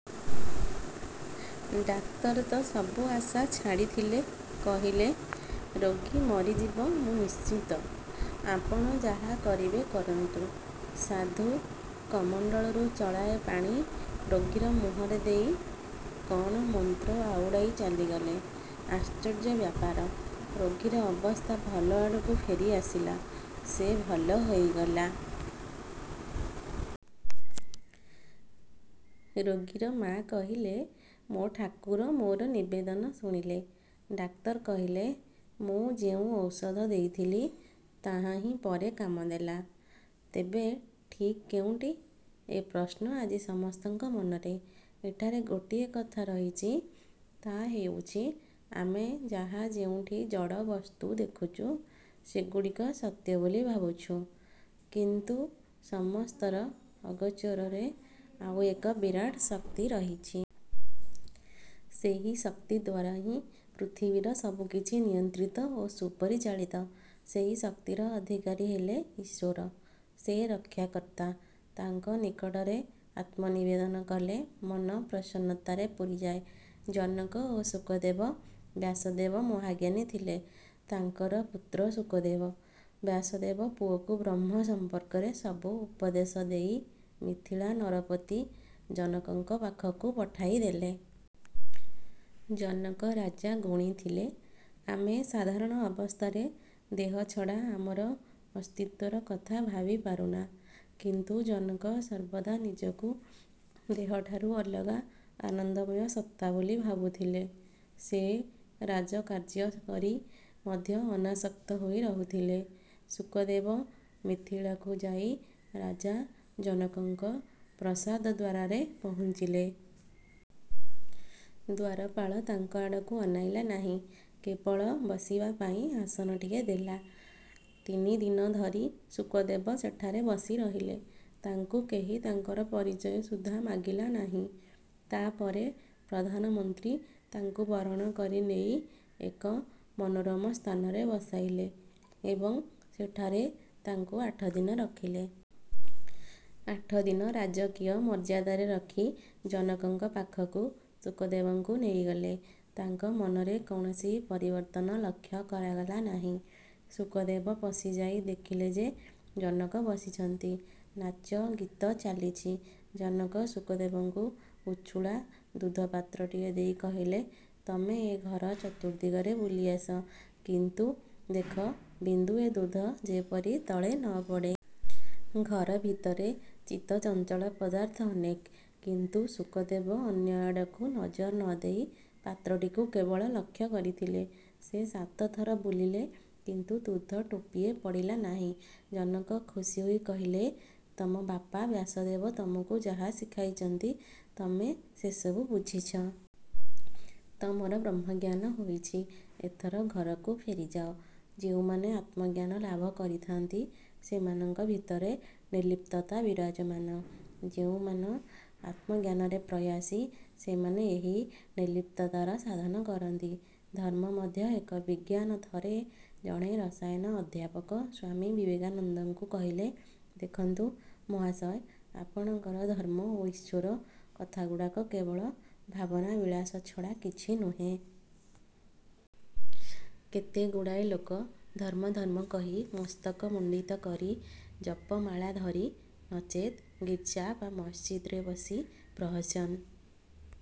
'' Doctor ତ ସବୁ ଆଶା ଛାଡ଼ିଥିଲେ; କହିଲେ-''ରୋଗୀ ମରିଯିବ ମୁଁ ନିଶ୍ଚିତ, ଆପଣ ଯାହା କରିବେ କରନ୍ତୁ। '' ସାଧୁ କମଣ୍ତଳୁରୁ ଚଳାଏ ପାଣି ରୋଗୀର ମୁହଁରେ ଦେଇ କ'ଣ ମନ୍ତ୍ର ଆଉଡ଼ାଇ ଚାଲିଗଲେ। ଆଶ୍ଚର୍ଯ୍ୟ ବ୍ୟାପାର, ରୋଗୀର ଅବସ୍ଥା ଭଲ ଆଡ଼କୁ ଫେରି ଆସିଲା, ସେ ଭଲ ହୋଇଗଲା। ରୋଗୀର ମା' କହିଲେ, ''ମୋ ଠାକୁର ମୋର ନିବେଦନ ଶୁଣିଲେ। '' ଡାକ୍ତର କହିଲେ, ''ମୁଁ ଯେଉଁ ଔଷଧ ଦେଇଥିଲି ତାହାହିଁ ପରେ କାମ ଦେଲା। '' ତେବେ ଠିକ୍ କେଉଁଟି, ଏ ପ୍ରଶ୍ନ ଆଜି ସମସ୍ତଙ୍କ ମନରେ। ଏଠାରେ ଗୋଟିଏ କଥା ରହିଛି। ତା' ହେଉଛି, ଆମେ ଯାହା ଯେଉଁଠି ଜଡ଼ ବସ୍ତୁ ଦେଖୁଚୁ, ସେଗୁଡ଼ିକ ସତ୍ୟ ବୋଲି ଭାବୁଛୁ; କିନ୍ତୁ ସମସ୍ତର ଅଗୋଚରରେ ଆଉ ଏକ ବିରାଟ ଶକ୍ତି ରହିଛି। ସେହି ଶକ୍ତି ଦ୍ୱାରାହିଁ ପୃଥିବୀର ସବୁକିଛି ନିୟନ୍ତ୍ରିତ ଓ ସୁପରିଚାଳିତ। ସେହି ଶକ୍ତିର ଅଧିକାରୀ ହେଲେ ଈଶ୍ୱର। ସେ ରକ୍ଷାକର୍ତ୍ତା; ତାଙ୍କ ନିକଟରେ ଆତ୍ମନିବେଦନ କଲେ ମନ ପ୍ରସନ୍ନତାରେ ପୂରିଯାଏ। ଜନକ ଓ ଶୁକଦେବ ବ୍ୟାସଦେବ ମହାଜ୍ଞାନୀ ଥିଲେ। ତାଙ୍କର ପୁତ୍ର ଶୁକଦେବ। ବ୍ୟାସଦେବ ପୁଅକୁ ବ୍ରହ୍ମ ସମ୍ପର୍କରେ ସବୁ ଉପଦେଶ ଦେଇ ମିଥିଳା ନରପତି ଜନକଙ୍କ ପାଖକୁ ପଠାଇ ଦେଲେ। ଜନକ ରାଜା ଗୁଣୀ ଥିଲେ। ଆମେ ସାଧାରଣ ଅବସ୍ଥାରେ ଦେହ ଛଡ଼ା ଆମର ଅସ୍ତିତ୍ୱର କଥା ଭାବି ପାରୁନା। କିନ୍ତୁ ଜନକ ସର୍ବଦା ନିଜକୁ ଦେହଠାରୁ ଅଲଗା ଆନନ୍ଦମୟ ସତ୍ତା ବୋଲି ଭାବୁଥିଲେ। ସେ ରାଜକାର୍ଯ୍ୟ କରି ମଧ୍ୟ ଅନାସକ୍ତ ହୋଇ ରହୁଥିଲେ। ଶୁକଦେବ ମିଥିଳାକୁ ଯାଇ ରାଜା ଜନକଙ୍କ ପ୍ରାସାଦଦ୍ୱାରରେ ପହୁଞ୍ଚିଲେ। ଦ୍ୱାରପାଳ ତାଙ୍କ ଆଡ଼କୁ ଅନାଇଲା ନାହିଁ, କେବଳ ବସିବା ପାଇଁ ଆସନଟିଏ ଦେଲା। ତିନିଦିନ ଧରି ଶୁକଦେବ ସେଠାରେ ବସି ରହିଲେ। ତାଙ୍କୁ କେହି ତାଙ୍କର ପରିଚୟ ସୁଦ୍ଧା ମାଗିଲା ନାହିଁ। ତା' ପରେ ପ୍ରଧାନମନ୍ତ୍ରୀ ତାଙ୍କୁ ବରଣ କରି ନେଇ ଏକ ମନୋରମ ସ୍ଥାନରେ ବସାଇଲେ ଏବଂ ସେଠାରେ ତାଙ୍କୁ ଆଠଦିନ ରଖିଲେ। ଆଠଦିନ ରାଜକୀୟ ମର୍ଯ୍ୟାଦାରେ ରଖି ଜନକଙ୍କ ପାଖକୁ ଶୁକଦେବଙ୍କୁ ନେଇଗଲେ। ତାଙ୍କ ମନରେ କୌଣସି ପରିବର୍ତ୍ତନ ଲକ୍ଷ୍ୟ କରାଗଲା ନାହିଁ। ଶୁକଦେବ ପଶିଯାଇ ଦେଖିଲେ ଯେ ଜନକ ବସିଛନ୍ତି, ନାଚ-ଗୀତ ଚାଲିଛି। ଜନକ ଶୁକଦେବଙ୍କୁ ଉଛୁଳା ଦୁଧପାତ୍ରଟିଏ ଦେଇ କହିଲେ, ''ତମେ ଏ ଘର ଚତୁର୍ଦ୍ଦିଗରେ ବୁଲି ଆସ, କିନ୍ତୁ ଦେଖ ବିନ୍ଦୁଏ ଦୁଧ ଯେପରି ତଳେ ନ ପଡ଼େ। '' ଘର ଭିତରେ ଚିତ୍ତ-ଚଞ୍ଚଳ ପଦାର୍ଥ ଅନେକ, କିନ୍ତୁ ଶୁକଦେବ ଅନ୍ୟ ଆଡ଼କୁ ନଜର ନ ଦେଇ ପାତ୍ରଟିକୁ କେବଳ ଲକ୍ଷ୍ୟ କରିଥିଲେ। ସେ ସାତଥର ବୁଲିଲେ କିନ୍ତୁ ଦୁଧ ଟୋପିଏ ପଡ଼ିଲା ନାହିଁ। ଜନକ ଖୁସି ହୋଇ କହିଲେ-''ତମ ବାପା ବ୍ୟାସଦେବ ତମକୁ ଯାହା ଶିଖାଇଛନ୍ତି, ତମେ ସେସବୁ ବୁଝିଛ। ତମର ବ୍ରହ୍ମଜ୍ଞାନ ହୋଇଛି। ଏଥର ଘରକୁ ଫେରିଯାଅ-। '' ଯେଉଁମାନେ ଆତ୍ମଜ୍ଞାନ ଲାଭ କରିଥାନ୍ତି, ସେମାନଙ୍କ ଭିତରେ ନିର୍ଲିପ୍ତତା ବିରାଜମାନ। ଯେଉଁମାନ ଆତ୍ମଜ୍ଞାନରେ ପ୍ରୟାସୀ ସେମାନେ ଏହି ନିର୍ଲିପ୍ତତାର ସାଧନା କରନ୍ତି। ଧର୍ମ ମଧ୍ୟ ଏକ ବିଜ୍ଞାନ ଥରେ ଜଣେ ରସାୟନ-ଅଧ୍ୟାପକ ସ୍ୱାମୀ ବିବେକାନନ୍ଦଙ୍କୁ କହିଲେ-''ଦେଖନ୍ତୁ ମହାଶୟ, ଆପଣଙ୍କର ଧର୍ମ ଓ ଈଶ୍ୱର କଥାଗୁଡ଼ାକ କେବଳ ଭାବନାବିଳାସ ଛଡ଼ା କିଛି ନୁହେଁ। କେତେଗୁଡ଼ାଏ ଲୋକ ଧର୍ମ ଧର୍ମ କହି ମସ୍ତକ ମୁଣ୍ଡିତ କରି ଜପମାଳା ଧରି, ନଚେତ୍ ଗିର୍ଜା ବା ମସଜିଦରେ ବସି ପ୍ରହସନ